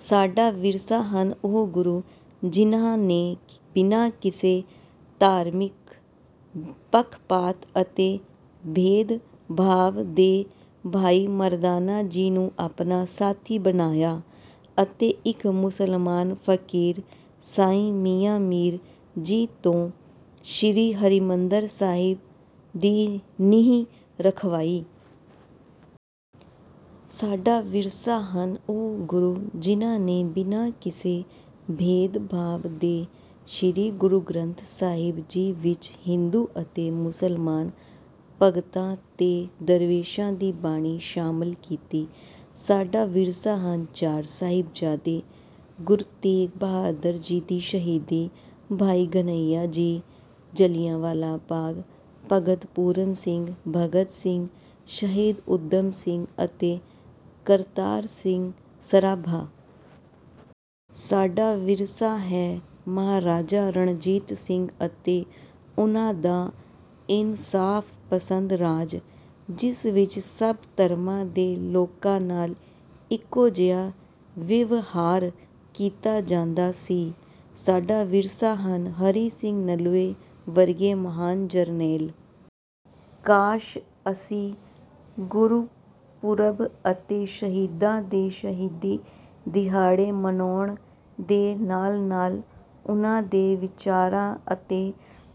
ਸਾਡਾ ਵਿਰਸਾ ਹਨ ਉਹ ਗੁਰੂ, ਜਿਨ੍ਹਾਂ ਨੇ ਬਿਨਾਂ ਕਿਸੇ ਧਾਰਮਿਕ ਪੱਖ-ਪਾਤ ਅਤੇ ਭੇਦ-ਭਾਵ ਦੇ ਭਾਈ ਮਰਦਾਨਾ ਜੀ ਨੂੰ ਆਪਣਾ ਸਾਥੀ ਬਣਾਇਆ ਅਤੇ ਇੱਕ ਮੁਸਲਮਾਨ ਫ਼ਕੀਰ ਸਾਈਂ ਮੀਆਂ ਮੀਰ ਜੀ ਤੋਂ ਸ਼੍ਰੀ ਹਰਿਮੰਦਰ ਸਾਹਿਬ ਦੀ ਨੀਂਹ ਰਖਵਾਈ। ਸਾਡਾ ਵਿਰਸਾ ਹਨ ਉਹ ਗੁਰੂ, ਜਿਨ੍ਹਾਂ ਨੇ ਬਿਨਾਂ ਕਿਸੇ ਭੇਦ-ਭਾਵ ਦੇ ਸ਼੍ਰੀ ਗੁਰੂ ਗ੍ਰੰਥ ਸਾਹਿਬ ਜੀ ਵਿੱਚ ਹਿੰਦੂ ਅਤੇ ਮੁਸਲਮਾਨ ਭਗਤਾਂ ਤੇ ਦਰਵੇਸ਼ਾਂ ਦੀ ਬਾਣੀ ਸ਼ਾਮਲ ਕੀਤੀ। ਸਾਡਾ ਵਿਰਸਾ ਹਨ ਚਾਰ ਸਾਹਿਬਜ਼ਾਦੇ, ਗੁਰੂ ਤੇਗ ਬਹਾਦਰ ਜੀ ਦੀ ਸ਼ਹੀਦੀ, ਭਾਈ ਘਨੱਈਆ ਜੀ, ਜੱਲ੍ਹਿਆਂਵਾਲਾ ਬਾਗ, ਭਗਤ ਪੂਰਨ ਸਿੰਘ, ਭਗਤ ਸਿੰਘ, ਸ਼ਹੀਦ ਊਧਮ ਸਿੰਘ, ਅਤੇ ਕਰਤਾਰ ਸਿੰਘ ਸਰਾਭਾ। ਸਾਡਾ ਵਿਰਸਾ ਹੈ ਮਹਾਰਾਜਾ ਰਣਜੀਤ ਸਿੰਘ ਅਤੇ ਉਨ੍ਹਾਂ ਦਾ ਇਨਸਾਫ਼-ਪਸੰਦ ਰਾਜ, ਜਿਸ ਵਿੱਚ ਸਭ ਧਰਮਾਂ ਦੇ ਲੋਕਾਂ ਨਾਲ ਇੱਕੋ ਜਿਹਾ ਵਿਵਹਾਰ ਕੀਤਾ ਜਾਂਦਾ ਸੀ। ਸਾਡਾ ਵਿਰਸਾ ਹਨ ਹਰੀ ਸਿੰਘ ਨਲੂਏ ਵਰਗੇ ਮਹਾਨ ਜਰਨੈਲ। ਕਾਸ਼! ਅਸੀਂ ਗੁਰਪੁਰਬ ਅਤੇ ਸ਼ਹੀਦਾਂ ਦੇ ਸ਼ਹੀਦੀ ਦਿਹਾੜੇ ਮਨਾਉਣ ਦੇ ਨਾਲ-ਨਾਲ ਉਨ੍ਹਾਂ ਦੇ ਵਿਚਾਰਾਂ ਅਤੇ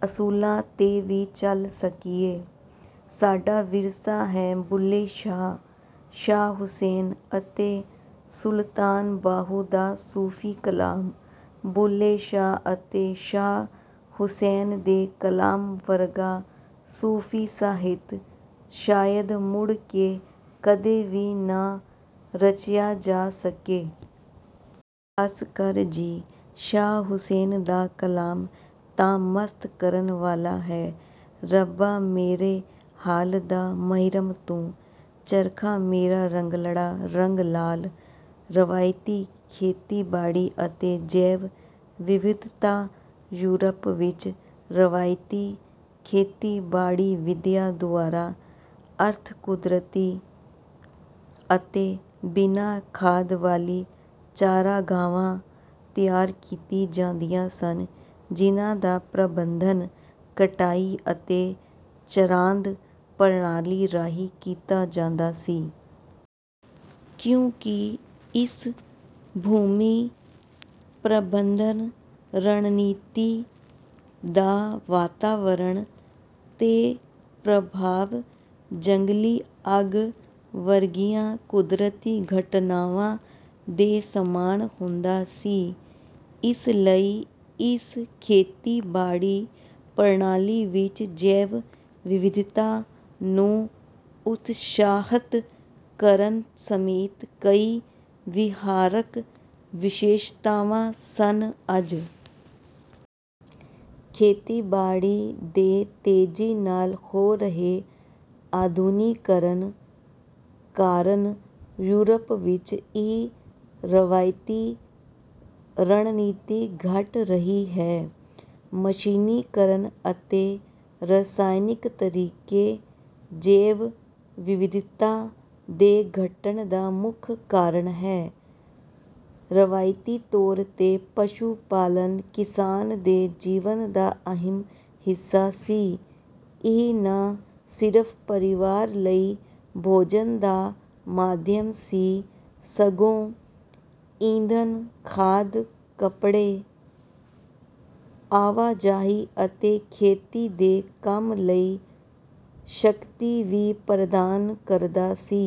ਅਸੂਲਾਂ 'ਤੇ ਵੀ ਚੱਲ ਸਕੀਏ। ਸਾਡਾ ਵਿਰਸਾ ਹੈ ਬੁੱਲ੍ਹੇ ਸ਼ਾਹ, ਸ਼ਾਹ ਹੁਸੈਨ, ਅਤੇ ਸੁਲਤਾਨ ਬਾਹੂ ਦਾ ਸੂਫ਼ੀ ਕਲਾਮ। ਬੁੱਲ੍ਹੇ ਸ਼ਾਹ ਅਤੇ ਸ਼ਾਹ ਹੁਸੈਨ ਦੇ ਕਲਾਮ ਵਰਗਾ ਸੂਫ਼ੀ ਸਾਹਿਤ ਸ਼ਾਇਦ ਮੁੜ ਕੇ ਕਦੇ ਵੀ ਨਾ ਰਚਿਆ ਜਾ ਸਕੇ। ਹੱਸ ਕਰ ਜੀ"ਸ਼ਾਹ ਹੁਸੈਨ ਦਾ ਕਲਾਮ ਤਾਂ ਮਸਤ ਕਰਨ ਵਾਲਾ ਹੈ:"ਰੱਬਾ ਮੇਰੇ ਹਾਲ ਦਾ ਮਹਿਰਮੁ ਤੂੰ""ਚਰਖਾ ਮੇਰਾ ਰੰਗਲੜਾ ਰੰਗ ਲਾਲ" ਰਵਾਇਤੀ ਖੇਤੀਬਾੜੀ ਅਤੇ ਜੈਵ-ਵਿਵਿਧਤਾਯੂਰਪ ਵਿੱਚ ਰਵਾਇਤੀ ਖੇਤੀਬਾੜੀਵਿਧੀਆਂ ਦੁਆਰਾ ਅਰਧ-ਕੁਦਰਤੀ ਅਤੇ ਬਿਨਾਂ ਖਾਦ ਵਾਲੀਆਂ ਚਰਾਗਾਹਾਂ ਤਿਆਰ ਕੀਤੀਆਂ ਜਾਂਦੀਆਂ ਸਨ, ਜਿਨ੍ਹਾਂ ਦਾ ਪ੍ਰਬੰਧਨ ਕਟਾਈ ਅਤੇ ਚਰਾਂਦ ਪ੍ਰਣਾਲੀ ਰਾਹੀਂ ਕੀਤਾ ਜਾਂਦਾ ਸੀ। ਕਿਉਂਕਿ ਇਸ ਭੂਮੀ ਪ੍ਰਬੰਧਨ ਰਣਨੀਤੀ ਦਾ ਵਾਤਾਵਰਣ 'ਤੇ ਪ੍ਰਭਾਵ ਜੰਗਲੀ ਅੱਗ ਵਰਗੀਆਂ ਕੁਦਰਤੀ ਘਟਨਾਵਾਂ ਦੇ ਸਮਾਨ ਹੁੰਦਾ ਸੀ, ਇਸ ਲਈ ਇਸ ਖੇਤੀਬਾੜੀ ਪ੍ਰਣਾਲੀ ਵਿੱਚ ਜੈਵ-ਵਿਵਿਧਤਾ ਨੂੰ ਉਤਸ਼ਾਹਤ ਕਰਨ ਸਮੇਤ ਕਈ ਵਿਹਾਰਕ ਵਿਸ਼ੇਸ਼ਤਾਵਾਂ ਸਨ। ਅੱਜ ਖੇਤੀਬਾੜੀ ਦੇ ਤੇਜ਼ੀ ਨਾਲ ਹੋ ਰਹੇ ਆਧੁਨਿਕੀਕਰਨ ਕਾਰਨ ਯੂਰਪ ਵਿੱਚ ਇਹ ਰਵਾਇਤੀ ਰਣਨੀਤੀ ਘਟ ਰਹੀ ਹੈ। ਮਸ਼ੀਨੀਕਰਨ ਅਤੇ ਰਸਾਇਣਕ ਤਰੀਕੇ ਜੈਵ-ਵਿਵਿਧਤਾ ਦੇ ਘਟਣ ਦਾ ਮੁੱਖ ਕਾਰਨ ਹਨ। ਰਵਾਇਤੀ ਤੌਰ 'ਤੇ, ਪਸ਼ੂ ਪਾਲਣ ਕਿਸਾਨ ਦੇ ਜੀਵਨ ਦਾ ਅਹਿਮ ਹਿੱਸਾ ਸੀ; ਇਹ ਨਾ ਸਿਰਫ਼ ਪਰਿਵਾਰ ਲਈ ਭੋਜਨ ਦਾ ਸਾਧਨ ਸੀ, ਸਗੋਂ ਈਂਧਨ, ਖਾਦ, ਕੱਪੜੇ, ਆਵਾਜਾਈ ਅਤੇ ਖੇਤੀ ਦੇ ਕੰਮਾਂ ਲਈ ਸ਼ਕਤੀ ਵੀ ਪ੍ਰਦਾਨ ਕਰਦਾ ਸੀ।